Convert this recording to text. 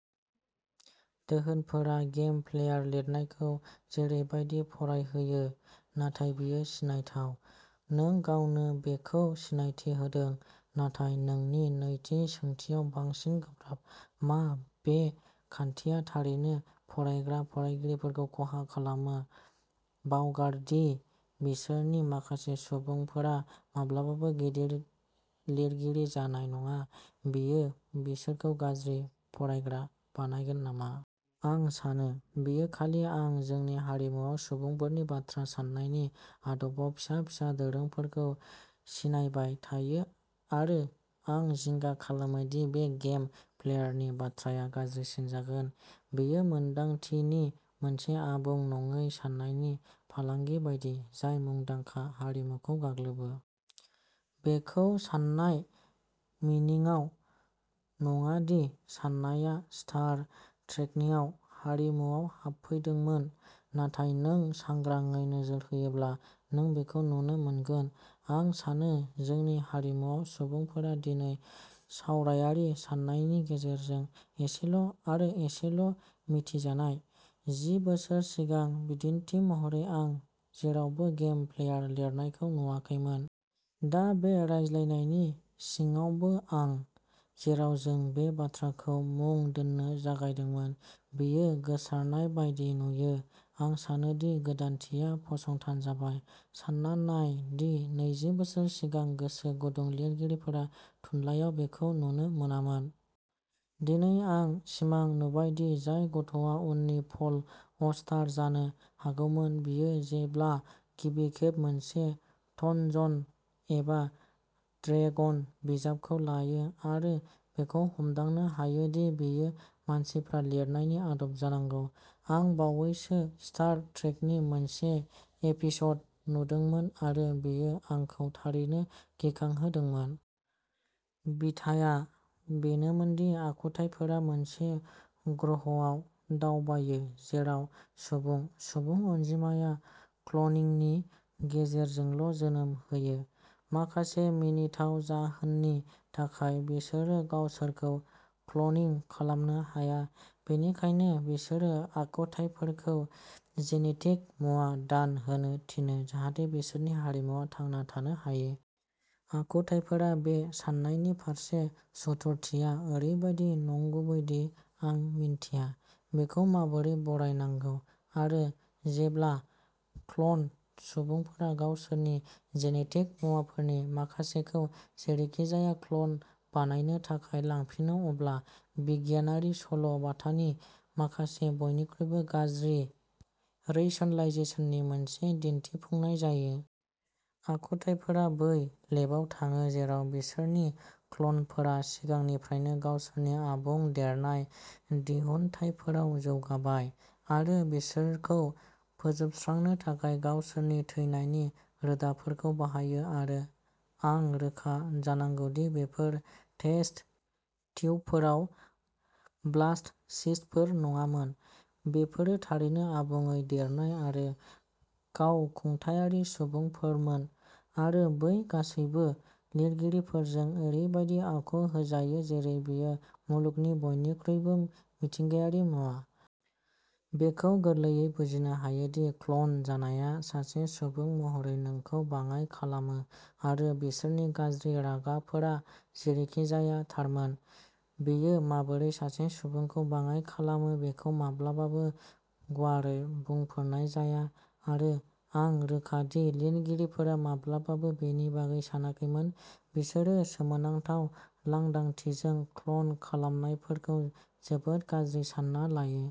दोहोनफोरा game player लिरनायखौ जेरै बायदि फरायहोयो। नाथाय बेयो सिनायथाव। नों गावनो बेखौ सिनायथि होदों। नाथाय नोंनि नैथि सोंथिया बांसिन गोब्राब। मा बे खान्थिया थारैनो फरायग्रा फरायगिरिफोरखौ खहा खालामो। बावगार दि बिसोरनि माखासे सुबुंफोरा माब्लाबाबो गिदिर लिरगिरि जानाय नङा, बेयो बिसोरखौ गाज्रि फरायग्रा बानायगोन नामा? आं सानो। बेयो खालि आं जोंनि हारिमुआव सुबुंफोरनि बाथ्रा साननायनि आदबआव फिसा-फिसा दोरोंफोरखौ सिनायबाय थायो आरो आं जिंगा खालामो दि बे गेम प्लेयारनि बाथ्राया गाज्रिसिन जागोन। बेयो मोनदांथि नि मोनसे आबुं नङै साननायनि फालांगि बायदि, जाय मुंदांखा हारिमुखौ गाग्लोबो। बेखौ सान्नाया मिनिथाव नङा दि साननाया स्टार ट्रेकनिफ्राय हारिमुआव हाबफैदोंमोन, नाथाय नों सांग्राङै नोजोर होयोब्ला, नों बेखौ नुनो मोनगोन। आं सानो जोंनि हारिमुआव सुबुंफोरा दिनै सावरायारि साननायनि गेजेरजों एसेल' आरो एसेल' मिथिजानाय। जि बोसोर सिगां, बिदिन्थि महरै, आं जेरावबो गेम प्लेयार लिरनायखौ नुवाखैमोन। दा, बे रायज्लायनायनि सिगाङावबो आं। जेराव जों बे बाथ्राखौ मुं दोन्नो जागायदोंमोन, बेयो गोसारनाय बायदि नुयो। आं सानो दि गोदानथिया फसंथान जाबाय। सान्ना नाय दि नैजि बोसोर सिगां, गोसो गुदुं लिरगिरिफोरा थुनलाइयाव बेखौ नुनो मोनामोन। दिनै, आं सिमां नुबाय दि जाय गथ'आ उननि पल अस्टार जानो हागौमोन, बियो जेब्ला गिबि खेब मोनसे थानजन एबा ड्रेगन बिजाबखौ लायो आरो बेखौ हमदांनो हायो दि बेयो मानसिफ्रा लिरनायनि आदब जानांगौ। आं बावैसो स्टार ट्रेकनि मोनसे एपिसड नुदोंमोन आरो बेयो आंखौ थारैनो गिखांहोदोंमोन। बिथाया बेनोमोन दि आखुथाइफोरा मोनसे ग्रहआव दावबायो जेराव सुबुं, सुबुं अनजिमाया क्लनिंनि गेजेरजोंल' जोनोम होयो। माखासे मिनिथाव जाहोननि थाखाय बिसोरो गावसोरखौ क्लनिं खालामनो हाया, बेनिखायनो बिसोरो आखुथाइफोरखौ जेनेटिक मुवा दान होनो थिनो जाहाथे बिसोरनि हारिमुआ थांना थानो हायो। आखुथाइफोरा बे साननायनि फारसे सुथुरथिया ओरैबादि नंगुबै दि आं मिन्थिया। बेखौ माबोरै बरनायनांगौ। आरो जेब्ला क्ल'न सुबुंफोरा गावसोरनि जेनेटिक मुवाफोरनि माखासेखौ जेरैखिजाया क्ल'न बानायनो थाखाय लांफिनो, अब्ला बिगियानारि सल' बाथानि माखासे बयनिख्रुइबो गाज्रि रैशनलाइजेसननि मोनसे दिन्थिफुंनाय जायो। आखुथाइफोरा बै लेबआव थाङो जेराव बिसोरनि क्ल'नफोरा सिगांनिफ्रायनो गावसोरनि आबुं देरनाय दिहुनथाइफोराव जौगाबाय, आरो बिसोरखौ फोजोबस्रांनो थाखाय गावसोरनि थैनायनि रोदाफोरखौ बाहायो आरो आं रोखा जानांगौ दि बेफोरो टेस्ट ट्युबफोराव ब्लास्ट'सिस्टफोर नङामोन। बेफोरो थारैनो आबुङै देरनाय आरो गावखुंथायारि सुबुंफोरमोन आरो बे गासैबो लिरगिरिफोरजों ओरैबायदि आखु होजायो जेरै बेयो मुलुगनि बयनिख्रुइबो मिथिंगायारि मुवा। बेखौ गोरलैयै बुजिनो हायो दि क्ल'न जानाया सासे सुबुं महरै नोंखौ बाङाइ खालामो आरो बिसोरनि गाज्रि रागाफोरा जेरैखिजाया थारमोन। बेयो माबोरै सासे सुबुंखौ बाङाइ खालामो बेखौ माब्लाबाबो गुवारै बुंफोरनाय जाया आरो आं रोखा दि लिरगिरिफोरा माब्लाबाबो बेनि बागै सानाखैमोन। बिसोरो सोमोनांथाव लांदांथिजों, क्ल'न खालामनायफोरखौ जोबोद गाज्रि सान्ना लायो।